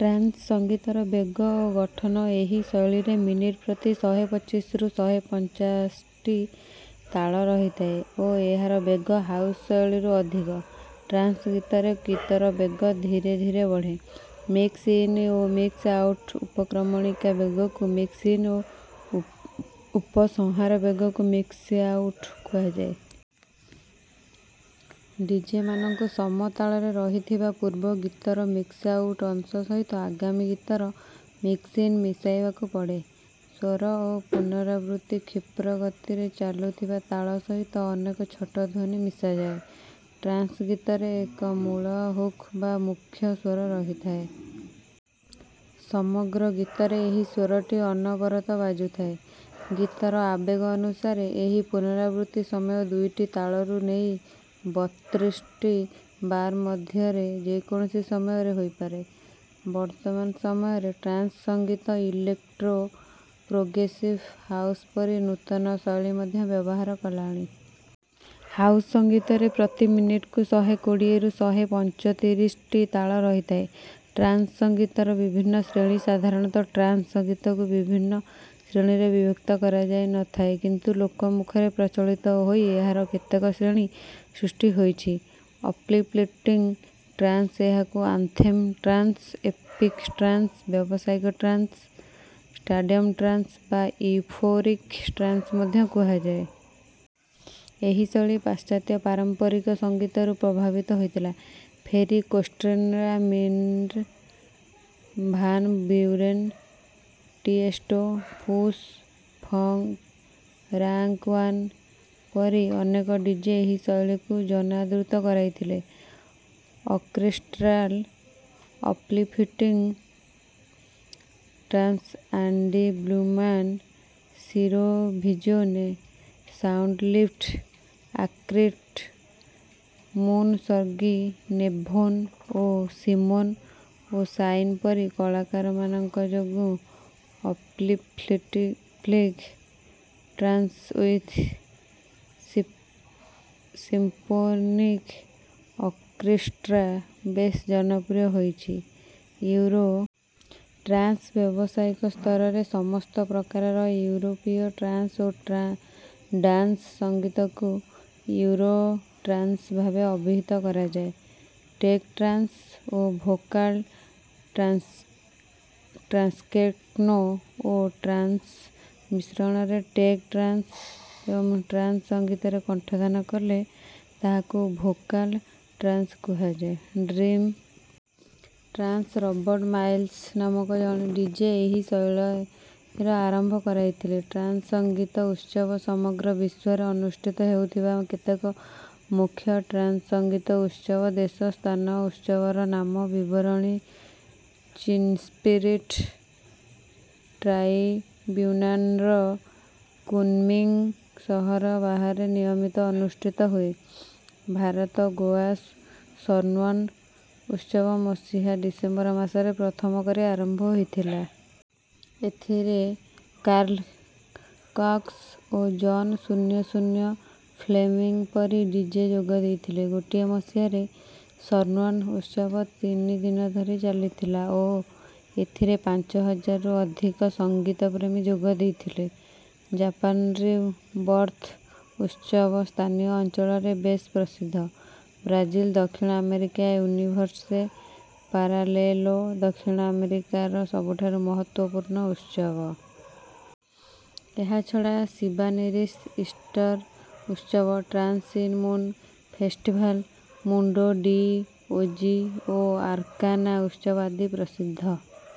Trance ସଙ୍ଗୀତର ବେଗ ଓ ଗଠନଏହି ଶୈଳୀରେ ମିନିଟ୍ ପ୍ରତି ଶହେ ପଚିଶରୁ ଶହେ ପଞ୍ଚାଶଟି ତାଳ ରହିଥାଏ ଓ ଏହାର ବେଗ ହାଉସ୍ ଶୈଳୀରୁ ଅଧିକ। ଟ୍ରାନ୍ସ୍ ଗୀତରେ ଗୀତର ବେଗ ଧୀରେ ଧୀରେ ବଢ଼େ। ମିକ୍ସ୍-ଇନ୍ ଓ ମିକ୍ସ୍-ଆଉଟ୍ ଉପକ୍ରମଣିକା ବେଗକୁ ମିକ୍ସ୍ ଇନ୍ ଓ ଉପସଂହାର ବେଗକୁ ମିକ୍ସ୍ଆ ଉଟ୍ କୁହାଯାଏ। ଡିଜେମାନଙ୍କୁ ସମତାଳରେ ରହିଥିବା ପୂର୍ବ ଗୀତର ମିକ୍ସ୍ଆ ଉଟ୍ ଅଂଶ ସହିତ ଆଗାମୀ ଗୀତର ମିକ୍ସ୍-ଇନ୍ ମିଶାଇବାକୁ ପଡ଼େ। ସ୍ୱର ଓ ପୁନରାବୃତ୍ତି କ୍ଷିପ୍ର ଗତିରେ ଚାଲୁଥିବା ତାଳ ସହିତ ଅନେକ ଛୋଟ ଧ୍ୱନି ମିଶାଯାଏ। ଟ୍ରାନ୍ସ୍ ଗୀତରେ ଏକ ମୂଳ ହୁକ୍ ବା ମୁଖ୍ୟ ସ୍ୱର ରହିଥାଏ। ସମଗ୍ର ଗୀତରେ ଏହି ସ୍ୱରଟି ଅନବରତ ବାଜୁଥାଏ। ଗୀତର ଆବେଗ ଅନୁସାରେ ଏହି ପୁନରାବୃତ୍ତି ସମୟ ଦୁଇଟି ତାଳରୁ ନେଇ ବତ୍ରିଶଟି ବାର୍ ମଧ୍ୟରେ ଯେକୌଣସି ସମୟରେ ହୋଇପାରେ। ବର୍ତ୍ତମାନ ସମୟରେ ଟ୍ରାନ୍ସ୍ ସଙ୍ଗୀତ ଇଲେକ୍ଟ୍ରୋ, ପ୍ରୋଗ୍ରେସିଭ୍ ହାଉସ୍ ପରି ନୂତନ ଶୈଳୀ ମଧ୍ୟ ବ୍ୟବହାର କଲାଣି। ହାଉସ୍ ସଙ୍ଗୀତରେ ପ୍ରତି ମିନିଟ୍‌କୁ ଶହେ କୋଡ଼ିଏରୁ ଶହେ ପଞ୍ଚତିରିଶଟି ତାଳ ରହିଥାଏ। ଟ୍ରାନ୍ସ୍ ସଙ୍ଗୀତର ବିଭିନ୍ନ ଶ୍ରେଣୀସାଧାରଣତଃ ଟ୍ରାନ୍ସ୍ ସଙ୍ଗୀତକୁ ବିଭିନ୍ନ ଶ୍ରେଣୀରେ ବିଭକ୍ତ କରାଯାଇ ନ ଥାଏ କିନ୍ତୁ ଲୋକମୁଖରେ ପ୍ରଚଳିତ ହୋଇ ଏହାର କେତେକ ଶ୍ରେଣୀ ସୃଷ୍ଟି ହୋଇଛି ଅପ୍ଲିଫ୍ଟିଂଗ୍ ଟ୍ରାନ୍ସ୍ ଏହାକୁ ଆନ୍ଥେମ୍ ଟ୍ରାନ୍ସ୍, ଏପିକ୍ ଟ୍ରାନ୍ସ୍, ବ୍ୟବସାୟିକ ଟ୍ରାନ୍ସ୍, ଷ୍ଟାଡ଼ିୟମ୍ ଟ୍ରାନ୍ସ୍ ବା ୟୁଫୋରିକ୍ ଟ୍ରାନ୍ସ୍ ମଧ୍ୟ କୁହାଯାଏ। ଏହି ଶୈଳୀ ପାଶ୍ଚାତ୍ୟ ପାରମ୍ପରିକ ସଙ୍ଗୀତରୁ ପ୍ରଭାବିତ ହୋଇଥିଲା। Ferry Corsten Armin van Buuren, Tiesto, Push, Punk, Rank One ପରି ଅନେକ ଡିଜେ ଏହି ଶୈଳୀକୁ ଜନାଦୃତ କରାଇଥିଲେ। Orchestral uplifting trance Andy Blueman, Ciro Visone, Soundlift Arctic Moon Sergey Nevone ଓ ସିମୋନ୍ ଓ'ଶାଇନ୍ ପରି କଳାକାରମାନଙ୍କ ଯୋଗୁଁ uplifting trance with symphonic orchestra ବେଶ୍ ଜନପ୍ରିୟ ହୋଇଛି। ୟୁରୋ ଟ୍ରାନ୍ସ୍ ବ୍ୟବସାୟିକ ସ୍ତରରେ ସମସ୍ତ ପ୍ରକାରର ଇଉରୋପୀୟ ଟ୍ରାନ୍ସ୍ ଓ ଡାନ୍ସ୍ ସଙ୍ଗୀତକୁ ୟୁରୋ ଟ୍ରାନ୍ସ୍ ଭାବେ ଅଭିହିତ କରାଯାଏ। ଟେକ୍ ଟ୍ରାନ୍ସ୍ ଓ ଭୋକାଲ୍ ଟ୍ରାନ୍ସ୍ଟେକ୍ନୋ ଓ ଟ୍ରାନ୍ସ୍ର ମିଶ୍ରଣରେ ଟେକ୍ ଟ୍ରାନ୍ସ୍ ଏବଂ ଟ୍ରାନ୍ସ୍ ସଙ୍ଗୀତରେ କଣ୍ଠଦାନ କଲେ ତାହାକୁ ଭୋକାଲ୍ ଟ୍ରାନ୍ସ୍ କୁହାଯାଏ। ଡ୍ରିମ୍ ଟ୍ରାନ୍ସ୍ ରବର୍ଟ୍ ମାଇଲ୍ସ୍ ନାମକ ଜଣେ ଡିଜେ ଏହି ଶୈଳୀର ଆରମ୍ଭ କରାଇଥିଲେ। ଟ୍ରାନ୍ସ୍ ସଙ୍ଗୀତ ଉତ୍ସବସମଗ୍ର ବିଶ୍ୱରେ ଅନୁଷ୍ଠିତ ହେଉଥିବା କେତେକ ମୁଖ୍ୟ ଟ୍ରାନ୍ସ୍ ସଙ୍ଗୀତ ଉତ୍ସବ ଦେଶ ସ୍ଥାନଉତ୍ସବର ନାମବିବରଣୀଚୀନ୍ସ୍ପିରିଟ୍ ଟ୍ରାଇବ୍ୟୁନାନ୍ର କୁନ୍ମିଂଗ୍ ସହର ବାହାରେ ନିୟମିତ ଅନୁଷ୍ଠିତ ହୁଏ। ଭାରତ ଗୋଆ ସନ୍ବର୍ଣ୍ଣ୍ ଉତ୍ସବମସିହା ଡିସେମ୍ବର ମାସରେ ପ୍ରଥମ କରି ଆରମ୍ଭ ହୋଇଥିଲା। ଏଥିରେ କାର୍ଲ୍ କକ୍ସ୍ ଓ ଜନ୍ 'ଶୂନ୍ୟ ଶୂନ୍ୟ' ଫ୍ଲେମିଂଗ୍ ପରି ଡିଜେ ଯୋଗ ଦେଇଥିଲେ। ଗୋଟିଏ ମସିହାର ସନ୍ବର୍ଣ୍ଣ୍ ଉତ୍ସବ ତିନି ଦିନ ଧରି ଚାଲିଥିଲା ଓ ଏଥିରେ ପାଞ୍ଚ ହଜାରରୁ ଅଧିକ ସଙ୍ଗୀତପ୍ରେମୀ ଯୋଗ ଦେଇଥିଲେ। ଜାପାନରି-ବର୍ଥ୍ ଉତ୍ସବସ୍ଥାନୀୟ ଅଞ୍ଚଳରେ ବେଶ୍ ପ୍ରସିଦ୍ଧ। ବ୍ରାଜିଲ୍ ଦକ୍ଷିଣ ଆମେରିକା ୟୁନିଭର୍ସୋ ପାରାଲେଲୋଦକ୍ଷିଣ ଆମେରିକାର ସବୁଠାରୁ ମହତ୍ତ୍ୱପୂର୍ଣ୍ଣ ଉତ୍ସବ। ଏହାଛଡ଼ା ଶିବାନେରିସ୍ ଇଷ୍ଟର୍ ଉତ୍ସବ, Trance in Moon, festival Mundo de Oz ଓ ଆର୍କାନା ଉତ୍ସବ ଆଦି ପ୍ରସିଦ୍ଧ